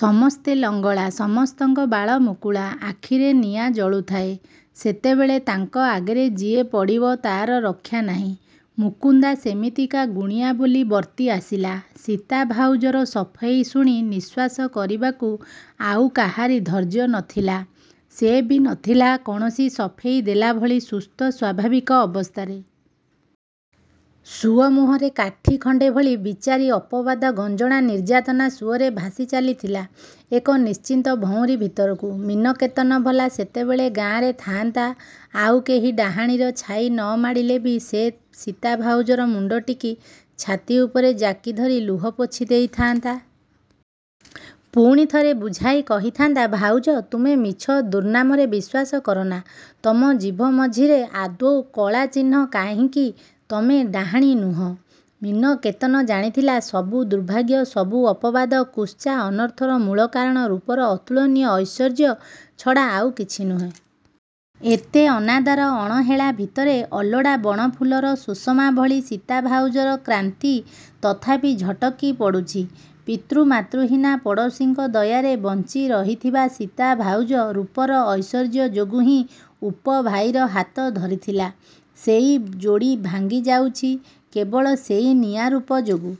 ସମସ୍ତେ ଲଙ୍ଗଳା, ସମସ୍ତଙ୍କ ବାଳ ମୁକୁଳା; ଆଖିରେ ନିଆଁ ଜଳୁଥାଏ। ସେତେବେଳେ ତାଙ୍କ ଆଗରେ ଯିଏ ପଡ଼ିବ, ତା'ର ରକ୍ଷା ନାହିଁ। ମୁକୁନ୍ଦା ସେମିତିଆ ଗୁଣିଆ ବୋଲି ବର୍ତ୍ତି ଆସିଲା। ସୀତା ଭାଉଜର ସଫେଇ ଶୁଣି ନିଶ୍ୱାସ କରିବାକୁ ଆଉ କାହାରି ଧୈର୍ଯ୍ୟ ନଥିଲା। ସେ ବି ନଥିଲା କୌଣସି ସଫେଇ ଦେଲାଭଳି ସୁସ୍ଥ ସ୍ୱାଭାବିକ ଅବସ୍ଥାରେ। ସୁଅ ମୁହଁରେ କାଠି ଖଣ୍ଡେ ଭଳି ବିଚାରୀ ଅପବାଦ ଗଞ୍ଜଣା ନିର୍ଯ୍ୟାତନା ସୁଅରେ ଭାସି ଚାଲିଥିଲା ଏକ ନିଶ୍ଚିତ ଭଉଁରୀ ଭିତରକୁ। ମୀନକେତନ ଭଲା ସେତେବେଳେ ଗାଁରେ ଥାଆନ୍ତା ଆଉ କେହି ଡାଆଣୀର ଛାଇ ନ ମାଡ଼ିଲେ ବି ସେ ସୀତା ଭାଉଜର ମୁଣ୍ଡଟିକି ଛାତି ଉପରେ ଯାକି ଧରି ଲୁହ ପୋଛି ଦେଇ ଥାଆନ୍ତା। ପୁଣିଥରେ ବୁଝାଇ କହିଥାନ୍ତା–ଭାଉଜ, ତୁମେ ମିଛ ଦୁର୍ନାମରେ ବିଶ୍ୱାସ କରନା। ତମ ଜିଭ ମଝିରେ ଆଦୌ କଳା ଚିହ୍ନ କାହିଁକି; ତମେ ଡାହାଣୀ ନୁହଁ। ମୀନକେତନ ଜାଣିଥିଲା, ସବୁ ଦୁର୍ଭାଗ୍ୟ ସବୁ ଅପବାଦ, କୁତ୍ସା ଅନର୍ଥର ମୂଳ କାରଣ ରୂପର ଅତୁଳନୀୟ ଐଶ୍ୱର୍ଯ୍ୟ ଛଡ଼ା ଆଉ କିଛି ନୁହେଁ। ଏତେ ଅନାଦର ଅଣହେଳା ଭିତରେ ଅଲୋଡ଼ା ବଣଫୁଲର ସୁଷମାଭଳି ସୀତା ଭାଉଜର କ୍ରାନ୍ତି ତଥାପି ଝଟକି ଉଠୁଛି। ପିତୃ ମାତୃହୀନା ପଡ଼ୋଶୀଙ୍କ ଦୟାରେ ବଞ୍ଚି ରହିଥିବା ସୀତା ଭାଉଜ ରୂପର ଐଶ୍ୱର୍ଯ୍ୟ ଯୋଗୁ ହିଁ ଉପଭାଇର ହାତ ଧରିଥିଲା। ସେଇ ଯୋଡ଼ି ଭାଙ୍ଗି ଯାଉଛି କେବଳ ସେଇ ନିଆଁ ରୂପ ଯୋଗୁ।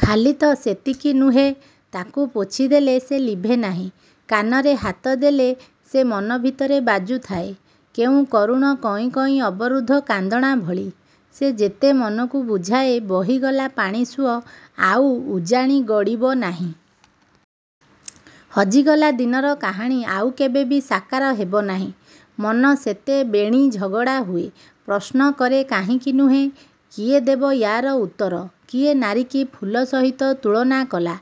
ଖାଲି ତ ସେତିକି ନୁହେ।। ତାକୁ ପୋଛି ଦେଲେ ସେ ଲିଭେ ନାହିଁ। କାନରେ ହାତ ଦେଲେ ସେ ମନ ଭିତରେ ବାଜୁଥାଏ, କେଉଁ କରୁଣ କଇଁ କଇଁ ଅବରୁଦ୍ଧ କାନ୍ଦଣା ଭଳି। ସେ ଯେତେ ମନକୁ ବୁଝାଏ ବହିଗଲା ପାଣିସୁଅ ଆଉ ଉଜାଣି ଗଡ଼ିବ ନାହିଁ! ହଜିଗଲା ଦିନର କାହାଣୀ ଆଉ କେବେ ବି ସାକାର ହେବନାହିଁ। ମନ ସେତେ ବେଣୀ ଝଗଡ଼ି ହୁଏ। ପ୍ରଶ୍ନ କରେ କାହିଁକି ନୁହେଁ? କିଏ ଦେବ ୟା'ର ଉତ୍ତର? କିଏ ନାରୀକି ଫୁଲ ସହିତ ତୁଳନା କଲା,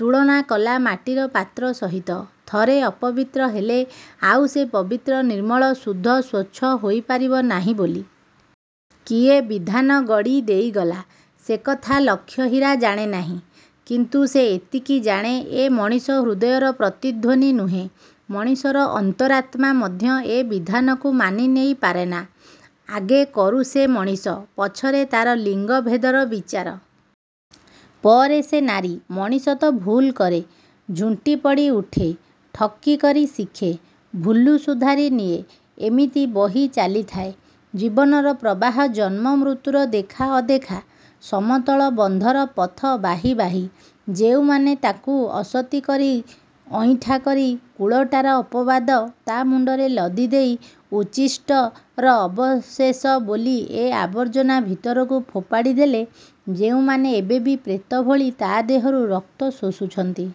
ତୁଳନା କଲା ମାଟିର ପାତ୍ର ସହିତ। ଥରେ ଅପବିତ୍ର ହେଲେ, ଆଉ ସେ ପବିତ୍ର, ନିର୍ମଳ, ଶୁଦ୍ଧ, ସ୍ୱଚ୍ଛ ହୋଇ ପାରିବ ନାହିଁ ବୋଲି। କିଏ ବିଧାନ ଗଡ଼ି ଦେଇଗଲା! ସେ କଥା ଲକ୍ଷହୀରା ଜାଣେ ନାହିଁ। କିନ୍ତୁ ସେ ଏତିକି ଜାଣେ, ଏ ମଣିଷ ହୃଦୟର ପ୍ରତିଧ୍ୱନି ନୁହେଁ! ମଣିଷର ଅନ୍ତରାତ୍ମା ମଧ୍ୟ ଏ ବିଧାନକୁ ମାନି ନେଇ ପାରେନା। ଆଗେ କରୁ ସେ ମଣିଷ। ପଛରେ ତା'ର ଲିଙ୍ଗ ଭେଦର ବିଚାର! ପରେ ସେ ନାରୀ। ମଣିଷ ତ ଭୁଲ୍ କରେ? ଝୁଣ୍ଟି ପଡ଼ି ଉଠେ! ଠକି କରି ଶିଖେ! ଭୁଲ୍କୁ ସୁଧାରି ନିଏ। ଏମିତି ବହି ଚାଲିଥାଏ ଜୀବନର ପ୍ରବାହ ଜନ୍ମ ମୃତ୍ୟୁର, ଦେଖା ଅଦେଖା, ସମତଳ ବନ୍ଧର ପଥ ବାହି ବାହି। ଯେଉଁମାନେ ତାକୁ ଅସତୀ କରି ଅଇଁଠା କରି, କୁଳଟାର ଅପବାଦ ତା' ମୁଣ୍ଡରେ ଲଦିଦେଇ ଉଚ୍ଛିଷ୍ଟର ଅବଶେଷ ବୋଲି ଏ ଆବର୍ଜନା ଭିତରକୁ ଫୋପାଡ଼ି ଦେଲେ, ଯେଉଁମାନେ ଏବେ ବି ପ୍ରେତଭଳି ତା' ଦେହରୁ ରକ୍ତ ଶୋଷୁଛନ୍ତି।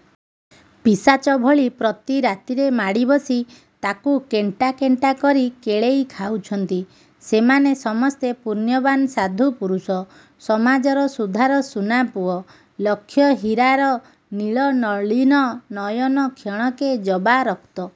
ପିଶାଚ ଭଳି, ପ୍ରତି ରାତିରେ ମାଡ଼ିବସି, ତାକୁ କେଣ୍ଟା କେଣ୍ଟା କରି କେଳେଇ ଖାଉଛନ୍ତି, ସେମାନେ ସମସ୍ତେ ପୁଣ୍ୟବାନ୍ ସାଧୁ ପୁରୁଷ! ସମାଜର ସୁଧାର ସୁନାପୁଅ। ଲକ୍ଷ ହୀରାର ନୀଳ ନଳୀନ ନୟନ କ୍ଷଣକେ ଯବାରକ୍ତ